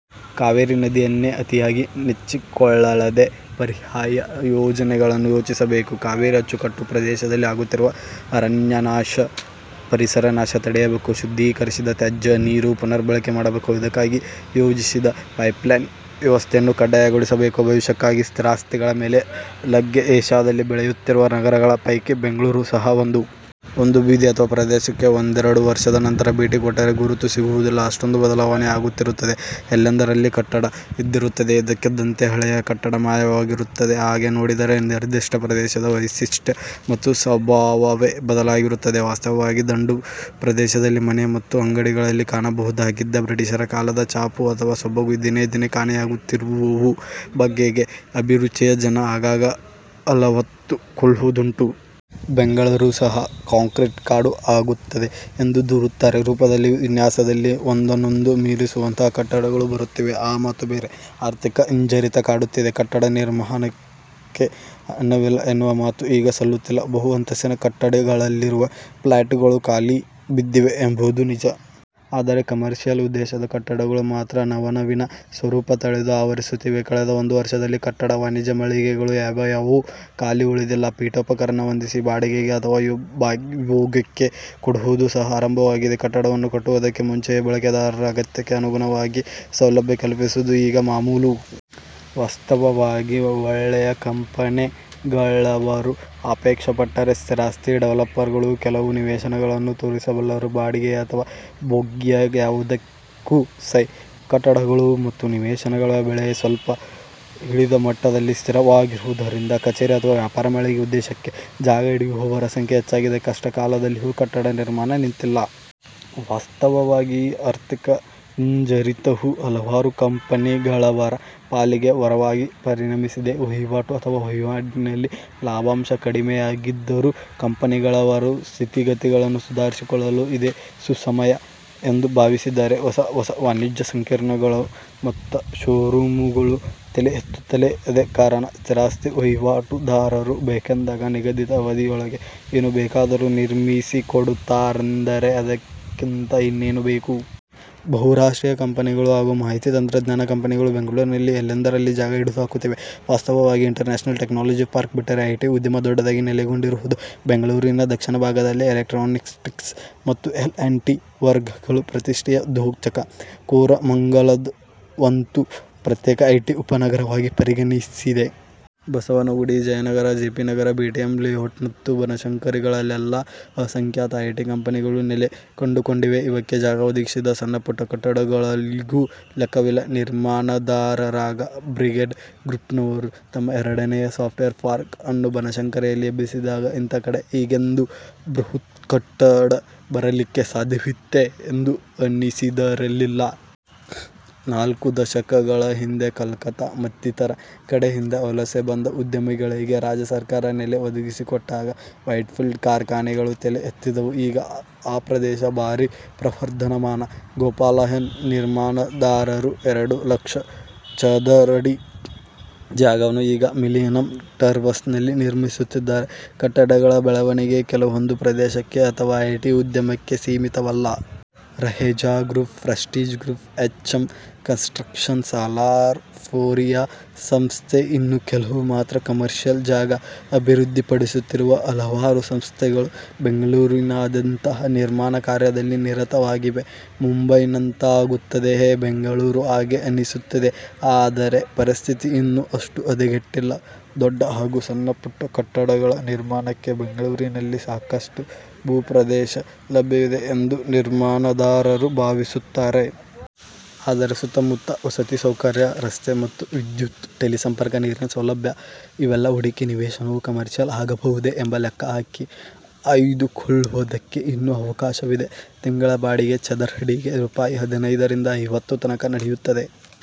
*ಕಾವೇರಿ ನದಿಯನ್ನೇ ಅತಿಯಾಗಿ ನೆಚ್ಚಿಕೊಳ್ಳದೆ ಪರ್ಯಾಯ ಯೋಜನೆಗಳನ್ನು ಯೋಚಿಸಬೇಕು. ಕಾವೇರಿ ಅಚ್ಚು ಕಟ್ಟು ಪ್ರದೇಶದಲ್ಲಿ ಆಗುತ್ತಿರುವ ಅರಣ್ಯನಾಶ, ಪರಿಸರ ನಾಶ ತಡೆಯಬೇಕು. *ಶುದ್ಧೀಕರಿಸಿದ ತ್ಯಾಜ್ಯ ನೀರು ಪುನರ್ಬಳಕೆ ಮಾಡಬೇಕು. ಇದಕ್ಕಾಗಿ ಯೋಜಿಸಿದ್ದ ಪೈಪ್ಲೈನ್ ವ್ಯವಸ್ಥೆಯನ್ನು ಕಡ್ಡಾಯಗೊಳಿಸಬೇಕು. ಭವಿಷ್ಯಕ್ಕಾಗಿ ಸ್ಥಿರಾಸ್ತಿಗಳ ಮೇಲೆ ಲಗ್ಗೆ ಏಷ್ಯಾದಲ್ಲಿ ಬೆಳೆಯುತ್ತಿರುವ ನಗರಗಳ ಪೈಕಿ ಬೆಂಗಳೂರು ಸಹಾ ಒಂದು. ಒಂದು ಬೀದಿ ಅಥವಾ ಪ್ರದೇಶಕ್ಕೆ ಒಂದೆರಡು ವರ್ಷದ ನಂತರ ಭೇಟಿ ಕೊಟ್ಟರೆ ಗುರುತು ಸಿಗುವುದಿಲ್ಲ. ಅಷ್ಟೊಂದು ಬದಲಾವಣೆ ಆಗಿರುತ್ತದೆ. ಎಲ್ಲೆಂದರಲ್ಲಿ ಕಟ್ಟಡ ಎದ್ದಿರುತ್ತದೆ. ಇದ್ದಕ್ಕಿದ್ದಂತೆ ಹಳೆಯ ಕಟ್ಟಡ ಮಾಯವಾಗಿರುತ್ತದೆ. ಹಾಗೆ ನೋಡಿದರೆ ನಿರ್ದಿಷ್ಟ ಪ್ರದೇಶದ ವೈಶಿಷ್ಟ ಮತ್ತು ಸ್ವಭಾವವೇ ಬದಲಾಗಿರುತ್ತದೆ. ವಾಸ್ತವವಾಗಿ ದಂಡು ಪ್ರದೇಶದಲ್ಲಿ ಮನೆ ಮತ್ತು ಅಂಗಡಿಗಳಲ್ಲಿ ಕಾಣಬಹುದಾಗಿದಾಗಿದ್ದ ಬ್ರಿಟಿಷರ ಕಾಲದ ಛಾಪು ಅಥವಾ ಸೊಬಗು ದಿನೇ ದಿನೇ ಕಾಣೆಯಾಗುತ್ತಿರುವ ಬಗೆಗೆ ಅಭಿರುಚಿಯ ಜನ ಆಗಾಗ ಅಲವತ್ತುಕೊಳ್ಳುದುಂಟು. ಬೆಂಗಳೂರು ಸಹಾ ಕಾಂಕ್ರೀಟ್ ಕಾಡು ಆಗುತ್ತದೆ ಎಂದು ದೂರುತ್ತಾರೆ. ರೂಪದಲ್ಲಿ ವಿನ್ಯಾಸದಲ್ಲಿ ಒಂದನ್ನೊಂದು ಮೀರಿಸುವಂಥ ಕಟ್ಟಡಗಳು ಬರುತ್ತಿವೆ. ಆ ಮಾತು ಬೇರೆ. ಆರ್ಥಿಕ ಹಿಂಜರಿತ ಕಾಡುತ್ತಿದೆ. ಕಟ್ಟಡ ನಿರ್ಮಾಣಕ್ಕೆ ಹಣವಿಲ್ಲ ಎನ್ನುವ ಮಾತು ಈಗ ಸಲ್ಲುತ್ತಿಲ್ಲ. ಬಹು ಅಂತಸ್ತಿನ ಕಟ್ಟಡಗಳಲ್ಲಿರುವ ಫ್ಲ್ಯಾಟುಗಳು ಖಾಲಿ ಬಿದ್ದಿವೆ ಎಂಬುದು ನಿಜ. ಆದರೆ ಕಮರ್ಷಿಯಲ್ ಉದ್ದೇಶದ ಕಟ್ಟಡಗಳು ಮಾತ್ರ ನವನವೀನ ಸ್ವರೂಪ ತಳೆದು ಆವರಿಸುತ್ತಿವೆ. ಕಳೆದ ಒಂದು ವರ್ಷದಲ್ಲಿ ಕಟ್ಟಡ ವಾಣಿಜ್ಯ ಮಳಿಗೆಗಳು ಯಾವುವೂ ಖಾಲಿ ಉಳಿದಿಲ್ಲ. ಪೀಠೋಪಕರಣ ಹೊಂದಿಸಿ ಬಾಡಿಗೆಗೆ ಅಥವಾ ಭೋಗ್ಯಕ್ಕೆ ಕೊಡುವುದು ಸಹಾ ಆರಂಭವಾಗಿದೆ. ಕಟ್ಟಡವನ್ನು ಕಟ್ಟುವುದಕ್ಕೆ ಮುಂಚೆಯೇ ಬಳಕೆದಾರರ ಅಗತ್ಯಕ್ಕೆ ಅನುಗುಣವಾಗಿ ಸೌಲಭ್ಯ ಕಲ್ಪಿಸುವುದು ಈಗ ಮಾಮೂಲು. ವಾಸ್ತವವಾಗಿ ಒಳ್ಳೆಯ ಕಂಪೆನಿಗಳವರು, ಅಪೇಕ್ಷೆ ಪಟ್ಟರೆ ಸ್ಥಿರಾಸ್ತಿ ಡೆವಲಪರ್ಗಳು, ಕೆಲವು ನಿವೇಶನಗಳನ್ನು ತೋರಿಸಬಲ್ಲರು. ಬಾಡಿಗೆ ಅಥವಾ ಭೋಗ್ಯ ಯಾವುದಕ್ಕೂ ಸೈ. ಕಟ್ಟಡಗಳು ಮತ್ತು ನಿವೇಶನಗಳ ಬೆಲೆ ಸ್ವಲ್ಪ ಇಳಿದ ಮಟ್ಟದಲ್ಲಿ ಸ್ಥಿರವಾಗಿರುವುದರಿಂದ ಕಚೇರಿ ಅಥವಾ ವ್ಯಾಪಾರ ಮಳಿಗೆ ಉದ್ದೇಶಕ್ಕೆ ಜಾಗ ಹಿಡಿಯುವವರ ಸಂಖ್ಯೆ ಹೆಚ್ಚಾಗಿದೆ. ಕಷ್ಟ ಕಾಲದಲ್ಲೂ ಕಟ್ಟಡ ನಿರ್ಮಾಣ ನಿಂತಿಲ್ಲ. ವಾಸ್ತವವಾಗಿ ಆರ್ಥಿಕ ಹಿಂಜರಿತವು ಹಲವಾರು ಕಂಪೆನಿಗಳವರ ಪಾಲಿಗೆ ವರವಾಗಿ ಪರಿಣಮಿಸಿದೆ. ವಹಿವಾಟು ಅಥವಾ ವಹಿವಾಟಿನಲ್ಲಿ ಲಾಭಾಂಶ ಕಡಿಮೆಯಾಗಿದ್ದರೂ ಕಂಪೆನಿಗಳವರು ಸ್ಥಿತಿಗತಿಗಳನ್ನು ಸುಧಾರಿಸಿಕೊಳ್ಳಲು ಇದೇ ಸುಸಮಯ ಎಂದು ಭಾವಿಸಿದ್ದಾರೆ. ಹೊಸ ಹೊಸ ವಾಣಿಜ್ಯ ಸಂಕೀರ್ಣಗಳು ಮತ್ತ ಷೋರೂಮುಗಳು ತಲೆಯೆತ್ತಲು ಅದೇ ಕಾರಣ. ಸ್ಥಿರಾಸ್ತಿ ವಹಿವಾಟುದಾರರು ಬೇಕೆಂದಾಗ ನಿಗದಿತ ಅವಧಿಯೊಳಗೆ ಏನು ಬೇಕಾದರೂ ನಿರ್ಮಿಸಿಕೊಡುತ್ತಾರೆಂದರೆ ಅದಕ್ಕಿಂತ ಇನ್ನೇನು ಬೇಕು? ಬಹುರಾಷ್ಟ್ರೀಯ ಕಂಪನಿಗಳು ಹಾಗೂ ಮಾಹಿತಿ ತಂತ್ರಜ್ಞಾನ ಕಂಪೆನಿಗಳು ಬೆಂಗಳೂರಿನಲ್ಲಿ ಎಲ್ಲೆಂದರಲ್ಲಿ ಜಾಗ ಹಿಡಿದು ಹಾಕುತ್ತಿವೆ. ವಾಸ್ತವವಾಗಿ ಇಂಟರ್ನ್ಯಾಷನಲ್ ಟೆಕ್ನಾಲಜಿ ಪಾರ್ಕ್ ಬಿಟ್ಟರೆ ಐಟಿ ಉದ್ಯಮ ದೊಡ್ಡದಾಗಿ ನೆಲೆಗೊಂಡಿರುವುದು ಬೆಂಗಳೂರಿನ ದಕ್ಷಿಣ ಭಾಗದಲ್ಲೇ ಎಲೆಕ್ಟ್ರಾನಿಕ್ಸಿಟಿ ಮತ್ತು ಎಲ್ ಆಂಡ್ ಟಿ ಟವರ್ಗಳು ಪ್ರತಿಷ್ಠೆಯ ದ್ಯೋತಕ. ಕೋರಮಂಗಲವಂತೂ ಪ್ರತ್ಯೇಕ ಐಟಿ ಉಪನಗರವಾಗಿ ಪರಿಣಮಸಿದೆ. Basavanagudi, Jayanagar, J. P. Nagar, BTM ಲೇಔಟ್ಮತ್ತು ಬನಶಂಕರಿಗಳಲ್ಲೆಲ್ಲ ಅಸಂಖ್ಯಾತ ಐಟಿ ಕಂಪೆನಿಗಳು ನೆಲೆ ಕಂಡುಕೊಂಡಿವೆ. ಇವಕ್ಕೆ ಜಾಗ ಒದಗಿಸಿದ ಸಣ್ಣಪುಟ್ಟ ಕಟ್ಟಡಗಳಿಗೂ ಲೆಕ್ಕವಿಲ್ಲ. ನಿರ್ಮಾಣದಾರರಾಗ ಬ್ರಿಗೇಡ್ ಗ್ರೂಪ್ನವರು ತಮ್ಮ ಎರಡನೇ ಸಾಫ್ಟ್ವೇರ್ ಪಾರ್ಕ್ಅನ್ನು ಬನಶಂಕರಿಯಲ್ಲಿ ಎಬ್ಬಿಸಿದಾಗ ಇಂಥ ಕಡೆ ಹೀಗೊಂದು ಬೃಹತ್ಕಟ್ಟಡ ಬರಲಿಕ್ಕೆ ಸಾಧ್ಯವಿತ್ತೇ ಎಂದು ಅನಿಸದಿರಲಿಲ್ಲ. ನಾಲ್ಕು ದಶಕಗಳ ಹಿಂದೆ ಕಲ್ಕತ್ತಾ ಮತ್ತಿತರ ಕಡೆಯಿಂದ ವಲಸೆ ಬಂದ ಉದ್ಯಮಿಗಳಿಗೆ ರಾಜ್ಯ ಸರ್ಕಾರ ನೆಲೆ ಒದಗಿಸಿಕೊಟ್ಟಾಗ ವೈಟ್ಫೀಲ್ಡ್ ಕಾರ್ಖಾನೆಗಳು ತಲೆ ಎತ್ತಿದುವು. ಈಗ ಆ ಪ್ರದೇಶ ಭಾರೀ ಪ್ರವರ್ಧಮಾನ. ಗೋಪಾಲನ್ ನಿರ್ಮಾಣದಾರರು ಎರಡು ಲಕ್ಷ ಚದರಡಿ ಜಾಗವನ್ನು ಈಗ ಮಿಲೆನಿಯಂ ಟವರ್ಸ್ನಲ್ಲಿ ನಿರ್ಮಿಸುತ್ತಿದ್ದಾರೆ. ಕಟ್ಟಡಗಳ ಬೆಳವಣಿಗೆ ಕೆಲವೊಂದು ಪ್ರದೇಶಕ್ಕೆ ಅಥವಾ ಐಟಿ ಉದ್ಯಮಕ್ಕೆ ಸೀಮಿತವಲ್ಲ. Raheja group, Prestige group, H M construction, Salarpuria ಸಂಸ್ಥೆ ಇವು ಕೆಲವು ಮಾತ್ರ. ಕಮರ್ಷಿಯಲ್ ಜಾಗ ಅಭಿವೃದ್ಧಿಪಡಿಸುತ್ತಿರುವ ಹಲವಾರು ಸಂಸ್ಥೆಗಳು ಬೆಂಗಳೂರಿನಾದ್ಯಂತ ನಿರ್ಮಾಣ ಕಾರ್ಯದಲ್ಲಿ ನಿರತವಾಗಿವೆ. ಮುಂಬೈನಂತಾಗುತ್ತದೆಯೆ ಬೆಂಗಳೂರು? ಹಾಗೆ ಅನಿಸುತ್ತದೆ. ಆದರೆ ಪರಿಸ್ಥಿತಿ ಇನ್ನೂ ಅಷ್ಟು ಹದಗೆಟ್ಟಿಲ್ಲ. ದೊಡ್ಡ ಹಾಗೂ ಸಣ್ಣ ಪುಟ್ಟ ಕಟ್ಟಡಗಳ ನಿರ್ಮಾಣಕ್ಕೆ ಬೆಂಗಳೂರಿನಲ್ಲಿ ಸಾಕಷ್ಟು ಭೂಪ್ರದೇಶ ಲಭ್ಯವಿದೆ ಎಂದೇ ನಿರ್ಮಾಣದಾರರು ಭಾವಿಸುತ್ತಾರೆ. ಆದರೆ ಸುತ್ತ ಮುತ್ತ ವಸತಿ ಸೌಕರ್ಯ, ರಸ್ತೆ ಮತ್ತು ವಿದ್ಯುತ್ತು, ಟೆಲಿಸಂಪರ್ಕ, ನೀರಿನ ಸೌಲಭ್ಯ ಇವೆಲ್ಲ ಹುಡುಕಿ ನಿವೇಶನವು ಕಮರ್ಷಿಯಲ್ ಆಗಬಹುದೇ ಎಂದು ಲೆಕ್ಕ ಹಾಕಿ ಆಯ್ದು ಕೊಳ್ಳುವುದಕ್ಕೆ ಇನ್ನೂ ಅವಕಾಶವಿದೆ. ತಿಂಗಳ ಬಾಡಿಗೆ ಚದರಡಿಗೆ ರೂಪಾಯಿ ಹದಿನೈದರಿಂದ ಐವತ್ತು ತನಕ ನಡೆಯುತ್ತದೆ.